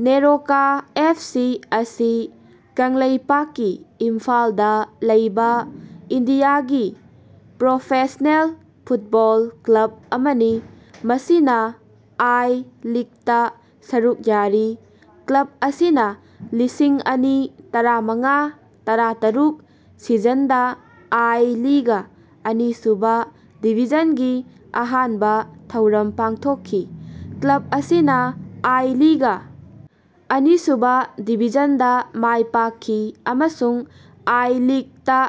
NEROCA FC ꯑꯁꯤ ꯀꯪꯂꯩꯄꯥꯛꯀꯤ ꯏꯝꯐꯥꯜꯗ ꯂꯩꯕꯥ ꯏꯟꯗꯤꯌꯥꯒꯤ ꯄ꯭ꯔꯣꯐꯦꯁꯅꯦꯜ ꯐꯨꯠꯕꯣꯜ ꯀ꯭ꯂꯕ ꯑꯃꯅꯤ ꯃꯁꯤꯅꯥ ꯑꯥꯏ ꯂꯤꯒꯇꯥ ꯁꯔꯨꯛ ꯌꯥꯔꯤ꯫ ꯀ꯭ꯂꯕ ꯑꯁꯤꯅꯥ ꯂꯤꯁꯤꯡ ꯑꯅꯤ ꯇꯔꯥꯃꯉꯥ ꯇꯔꯥꯇꯔꯨꯛ ꯁꯤꯖꯟꯗꯥ ꯑꯥꯏ ꯂꯤꯒ ꯑꯅꯤꯁꯨꯕꯥ ꯗꯤꯕꯤꯖꯟꯒꯤ ꯑꯍꯥꯟꯕ ꯊꯧꯔꯝ ꯄꯥꯡꯊꯣꯛꯈꯤ꯫ ꯀ꯭ꯂꯕ ꯑꯁꯤꯅꯥ ꯑꯥꯏ-ꯂꯤꯒ ꯑꯅꯤ ꯁꯨꯕꯥ ꯗꯤꯕꯤꯖꯟꯗꯥ ꯃꯥꯏ ꯄꯥꯛꯈꯤ ꯑꯃꯁꯨꯡ ꯑꯥꯏ ꯂꯤꯒꯇꯥ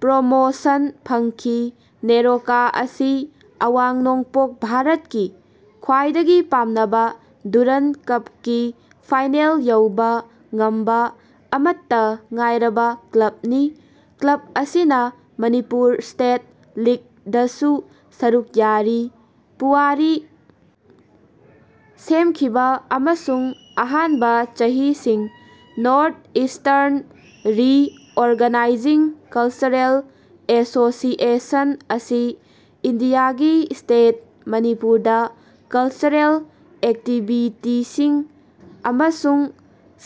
ꯄ꯭ꯔꯣꯃꯣꯁꯟ ꯐꯪꯈꯤ꯫ ꯅꯦꯔꯣꯀꯥ ꯑꯁꯤ ꯑꯋꯥꯡ ꯅꯣꯡꯄꯣꯛ ꯚꯥꯔꯠꯀꯤ ꯈ꯭ꯋꯥꯏꯗꯒꯤ ꯄꯥꯝꯅꯕ ꯗꯨꯔꯟ ꯀꯞꯀꯤ ꯐꯥꯏꯅꯦꯜ ꯌꯧꯕ ꯉꯝꯕ ꯑꯃꯠꯇꯥ ꯉꯥꯏꯔꯕꯥ ꯀ꯭ꯂꯕꯅꯤ꯫ ꯀ꯭ꯂꯕ ꯑꯁꯤꯅꯥ ꯃꯅꯤꯄꯨꯔ ꯁ꯭ꯇꯦꯠ ꯂꯤꯒꯗꯁꯨ ꯁꯔꯨꯛ ꯌꯥꯔꯤ꯫ ꯄꯨꯋꯥꯔꯤ ꯁꯦꯝꯈꯤꯕ ꯑꯃꯁꯨꯡ ꯑꯍꯥꯟꯕ ꯆꯍꯤꯁꯤꯡ north eastern reorganising cultural association ꯑꯁꯤ ꯏꯟꯗꯤꯌꯥꯒꯤ ꯁ꯭ꯇꯦꯠ ꯃꯅꯤꯄꯨꯔꯗ ꯀꯜꯆꯔꯦꯜ ꯑꯦꯛꯇꯤꯕꯤꯇꯤꯁꯤꯡ ꯑꯃꯁꯨꯡ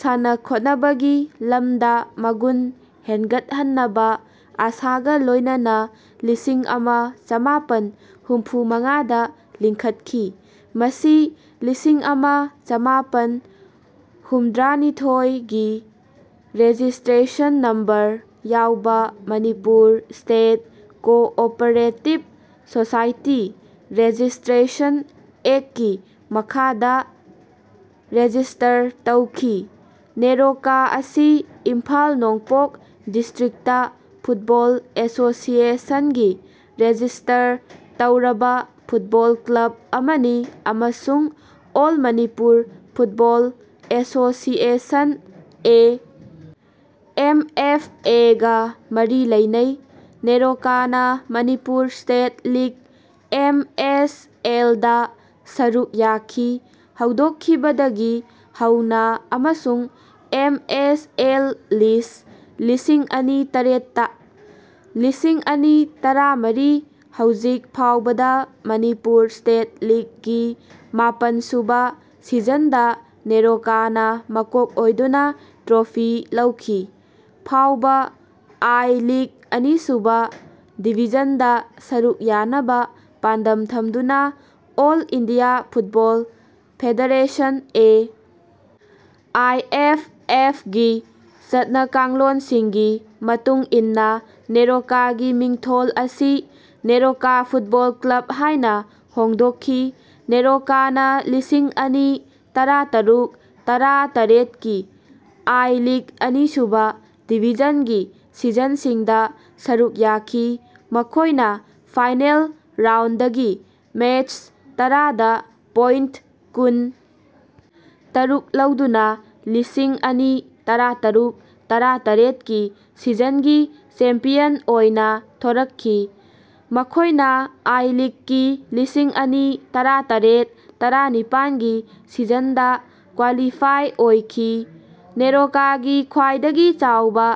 ꯁꯥꯟꯅ ꯈꯣꯠꯅꯕꯒꯤ ꯂꯝꯗꯥ ꯃꯒꯨꯟ ꯍꯦꯟꯒꯠꯍꯟꯅꯕ ꯑꯥꯁꯥꯒꯥ ꯂꯣꯏꯅꯅꯥ ꯂꯤꯁꯤꯡ ꯑꯃ ꯆꯃꯥꯄꯟ ꯍꯨꯝꯐꯨ ꯃꯉꯥꯗ ꯂꯤꯡꯈꯠꯈꯤ꯫ ꯃꯁꯤ ꯂꯤꯁꯤꯡ ꯑꯃ ꯆꯃꯥꯄꯟ ꯍꯨꯝꯗ꯭ꯔꯥꯅꯤꯊꯣꯏꯒꯤ ꯔꯦꯖꯤꯁꯇ꯭ꯔꯦꯁꯟ ꯅꯝꯕꯔ ꯌꯥꯎꯕ Manipur state cooperative society registration ꯑꯦꯛꯀꯤ ꯃꯈꯥꯗ ꯔꯦꯖꯤꯁ꯭ꯇꯔ ꯇꯧꯈꯤ꯫ ꯅꯦꯔꯣꯀꯥ ꯑꯁꯤ ꯏꯝꯐꯥꯜ ꯅꯣꯡꯄꯣꯛ ꯗꯤꯁ꯭ꯇꯔꯤꯛꯇ ꯐꯨꯠꯕꯣꯜ ꯑꯦꯁꯣꯁꯤꯑꯦꯁꯟꯒꯤ ꯔꯦꯖꯤꯁ꯭ꯇꯔ ꯇꯧꯔꯕ ꯐꯨꯠꯕꯣꯜ ꯀ꯭ꯂꯕ ꯑꯃꯅꯤ ꯑꯃꯁꯨꯡ all Manipur football association A. M. F. ꯑꯦ.ꯒꯥ ꯃꯔꯤ ꯂꯩꯅꯩ꯫ ꯅꯦꯔꯣꯀꯥꯅꯥ Manipur state league M. S. ꯑꯦꯜ.ꯗꯥ ꯁꯔꯨꯛ ꯌꯥꯈꯤ ꯍꯧꯗꯣꯛꯈꯤꯕꯗꯒꯤ ꯍꯧꯅꯥ ꯑꯃꯁꯨꯡ ꯑꯦꯝ. ꯑꯦꯁ. ꯑꯦꯜ. ꯂꯤꯁ ꯂꯤꯁꯤꯡ ꯑꯅꯤ ꯇꯔꯦꯠꯇ꯫ ꯂꯤꯁꯤꯡ ꯑꯅꯤ ꯇꯔꯥꯃꯔꯤ ꯍꯧꯖꯤꯛ ꯐꯥꯎꯕꯗ ꯃꯅꯤꯄꯨꯔ ꯁ꯭ꯇꯦꯠ ꯂꯤꯒ ꯒꯤ ꯃꯥꯄꯟ ꯁꯨꯕ ꯁꯤꯖꯟꯗꯥ ꯅꯦꯔꯣꯀꯥꯅꯥ ꯃꯀꯣꯛ ꯑꯣꯏꯗꯨꯅ ꯇ꯭ꯔꯣꯐꯤ ꯂꯧꯈꯤ꯫ ꯐꯥꯎꯕ ꯑꯥꯏ ꯂꯤꯒ ꯑꯅꯤꯁꯨꯕ ꯗꯤꯕꯤꯖꯟꯗ ꯁꯔꯨꯛ ꯌꯥꯅꯕ ꯄꯥꯟꯗꯝ ꯊꯝꯗꯨꯅꯥ all India football federation A. I. F. ꯑꯦꯐ.ꯒꯤ ꯆꯠꯅꯀꯥꯡꯂꯣꯟꯁꯤꯡꯒꯤ ꯃꯇꯨꯡ ꯏꯟꯅꯥ ꯅꯦꯔꯣꯀꯥꯒꯤ ꯃꯤꯡꯊꯣꯜ ꯑꯁꯤ ꯅꯦꯔꯣꯀꯥ ꯐꯨꯠꯕꯣꯜ ꯀ꯭ꯂꯕ ꯍꯥꯏꯅ ꯍꯣꯡꯗꯣꯛꯈꯤ꯫ ꯅꯦꯔꯣꯀꯥꯅꯥ ꯂꯤꯁꯤꯡ ꯑꯅꯤ ꯇꯔꯥꯇꯔꯨꯛ ꯇꯔꯥ ꯇꯔꯦꯠꯀꯤ ꯑꯥꯏ-ꯂꯤꯒ ꯑꯅꯤꯁꯨꯕ ꯗꯤꯕꯤꯖꯟꯒꯤ ꯁꯤꯖꯟꯁꯤꯡꯗ ꯁꯔꯨꯛ ꯌꯥꯈꯤ꯫ ꯃꯈꯣꯏꯅꯥ ꯐꯥꯏꯅꯦꯜ ꯔꯥꯎꯟꯗꯒꯤ ꯃꯦꯆ ꯇꯔꯥꯗ ꯄꯣꯏꯟꯇ ꯀꯨꯟ ꯇꯔꯨꯛ ꯂꯧꯗꯨꯅꯥ ꯂꯤꯁꯤꯡ ꯑꯅꯤ ꯇꯔꯥꯇꯔꯨꯛ ꯇꯔꯥ ꯇꯔꯦꯠꯀꯤ ꯁꯤꯖꯟꯒꯤ ꯆꯦꯝꯄꯤꯌꯟ ꯑꯣꯏꯅꯥ ꯊꯣꯔꯛꯈꯤ꯫ ꯃꯈꯣꯏꯅꯥ ꯑꯥꯏ ꯂꯤꯒꯀꯤ ꯂꯤꯁꯤꯡ ꯑꯅꯤ ꯇꯔꯥꯇꯔꯦꯠ ꯇꯔꯥ ꯅꯤꯄꯥꯟꯒꯤ ꯁꯤꯖꯟꯗꯥ ꯀ꯭ꯋꯥꯂꯤꯐꯥꯏ ꯑꯣꯏꯈꯤ꯫ ꯅꯦꯔꯣꯀꯥꯒꯤ ꯈ꯭ꯋꯥꯏꯗꯒꯤ ꯆꯥꯎꯕ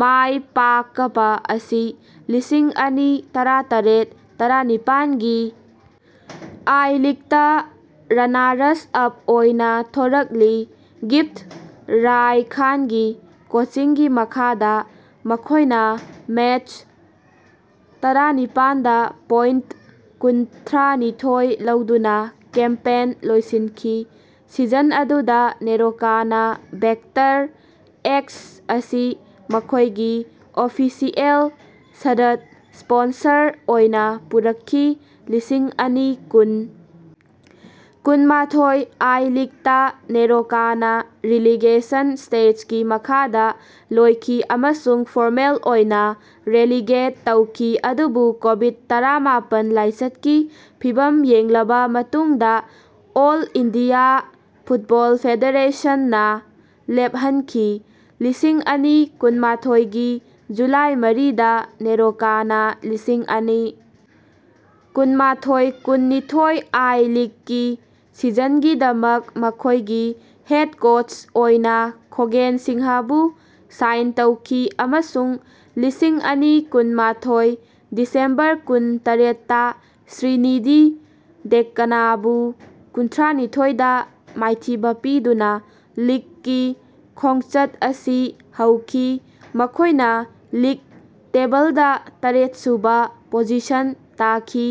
ꯃꯥꯏꯄꯥꯀꯄꯥ ꯑꯁꯤ ꯂꯤꯁꯤꯡ ꯑꯅꯤ ꯇꯔꯥꯇꯔꯦꯠ ꯇꯔꯥ ꯅꯤꯄꯥꯟ ꯒꯤ ꯑꯥꯏ ꯂꯤꯒꯇꯥ ꯔꯅꯥꯔꯁ ꯑꯞ ꯑꯣꯏꯅꯥ ꯊꯣꯔꯛꯂꯤ꯫ ꯒꯤꯐ꯭ꯇ ꯔꯥꯏꯈꯥꯟꯒꯤ ꯀꯣꯆꯤꯡꯒꯤ ꯃꯈꯥꯗꯥ ꯃꯈꯣꯏꯅ ꯃꯦꯆ ꯇꯔꯥꯅꯤꯄꯥꯟꯗꯥ ꯄꯣꯏꯟꯇ ꯀꯨꯟꯊ꯭ꯔꯥꯅꯤꯊꯣꯏ ꯂꯧꯗꯨꯅꯥ ꯀꯦꯝꯄꯦꯟ ꯂꯣꯏꯁꯤꯟꯈꯤ꯫ ꯁꯤꯖꯟ ꯑꯗꯨꯗ ꯅꯦꯔꯣꯀꯥꯅꯥ ꯚꯦꯛꯇꯔ ꯑꯦꯛꯁ ꯑꯁꯤ ꯃꯈꯣꯏꯒꯤ ꯑꯣꯐꯤꯁꯤꯑꯦꯜ ꯁꯔꯠ ꯁ꯭ꯄꯣꯟꯁꯔ ꯑꯣꯏꯅꯥ ꯄꯨꯔꯛꯈꯤ꯫ ꯂꯤꯁꯤꯡ ꯑꯅꯤ ꯀꯨꯟ ꯀꯨꯟꯃꯥꯊꯣꯏ ꯑꯥꯏ-ꯂꯤꯒꯇꯥ ꯅꯦꯔꯣꯀꯥꯅꯥ ꯔꯤꯂꯤꯒꯦꯁꯟ ꯁ꯭ꯇꯦꯖꯒꯤ ꯃꯈꯥꯗꯥ ꯂꯣꯏꯈꯤ ꯑꯃꯁꯨꯡ ꯐꯣꯔꯃꯦꯜ ꯑꯣꯏꯅꯥ ꯔꯦꯂꯤꯒꯦꯠ ꯇꯧꯈꯤ ꯑꯗꯨꯕꯨ ꯀꯣꯕꯤꯗ ꯇꯔꯥꯃꯥꯄꯟ ꯂꯥꯏꯆꯠꯀꯤ ꯐꯤꯚꯝ ꯌꯦꯡꯂꯕ ꯃꯇꯨꯡꯗ ꯑꯣꯜ ꯏꯟꯗꯤꯌꯥ ꯐꯨꯠꯕꯣꯜ ꯐꯦꯗꯦꯔꯦꯁꯟ ꯅ ꯂꯦꯞꯍꯟꯈꯤ꯫ ꯂꯤꯁꯤꯡ ꯑꯅꯤ ꯀꯨꯟꯃꯥꯊꯣꯏꯒꯤ ꯖꯨꯂꯥꯏ ꯃꯔꯤꯗꯥ ꯅꯦꯔꯣꯀꯥꯅꯥ ꯂꯤꯁꯤꯡ ꯑꯅꯤ ꯀꯨꯟꯃꯥꯊꯣꯏ ꯀꯨꯟꯅꯤꯊꯣꯏ ꯑꯥꯏ ꯂꯤꯒꯀꯤ ꯁꯤꯖꯟꯒꯤꯗꯃꯛ ꯃꯈꯣꯏꯒꯤ ꯍꯦꯗ ꯀꯣꯆ ꯑꯣꯏꯅꯥ ꯈꯣꯒꯦꯟ ꯁꯤꯡꯍꯕꯨ ꯁꯥꯏꯟ ꯇꯧꯈꯤ ꯑꯃꯁꯨꯡ ꯂꯤꯁꯤꯡ ꯑꯅꯤ ꯀꯨꯟꯃꯥꯊꯣꯏ ꯗꯤꯁꯦꯝꯕꯔ ꯀꯨꯟ ꯇꯔꯦꯠꯇꯥ ꯁ꯭ꯔꯤꯅꯤꯗꯤ ꯗꯦꯛꯀꯥꯅꯕꯨ ꯀꯨꯟꯊ꯭ꯔꯥꯅꯤꯊꯣꯏꯗꯥ ꯃꯥꯏꯊꯤꯕ ꯄꯤꯗꯨꯅꯥ ꯂꯤꯒꯀꯤ ꯈꯣꯡꯆꯠ ꯑꯁꯤ ꯍꯧꯈꯤ꯫ ꯃꯈꯣꯏꯅꯥ ꯂꯤꯒ ꯇꯦꯕꯜꯗꯥ ꯇꯔꯦꯠ ꯁꯨꯕ ꯄꯣꯖꯤꯁꯟ ꯇꯥꯈꯤ꯫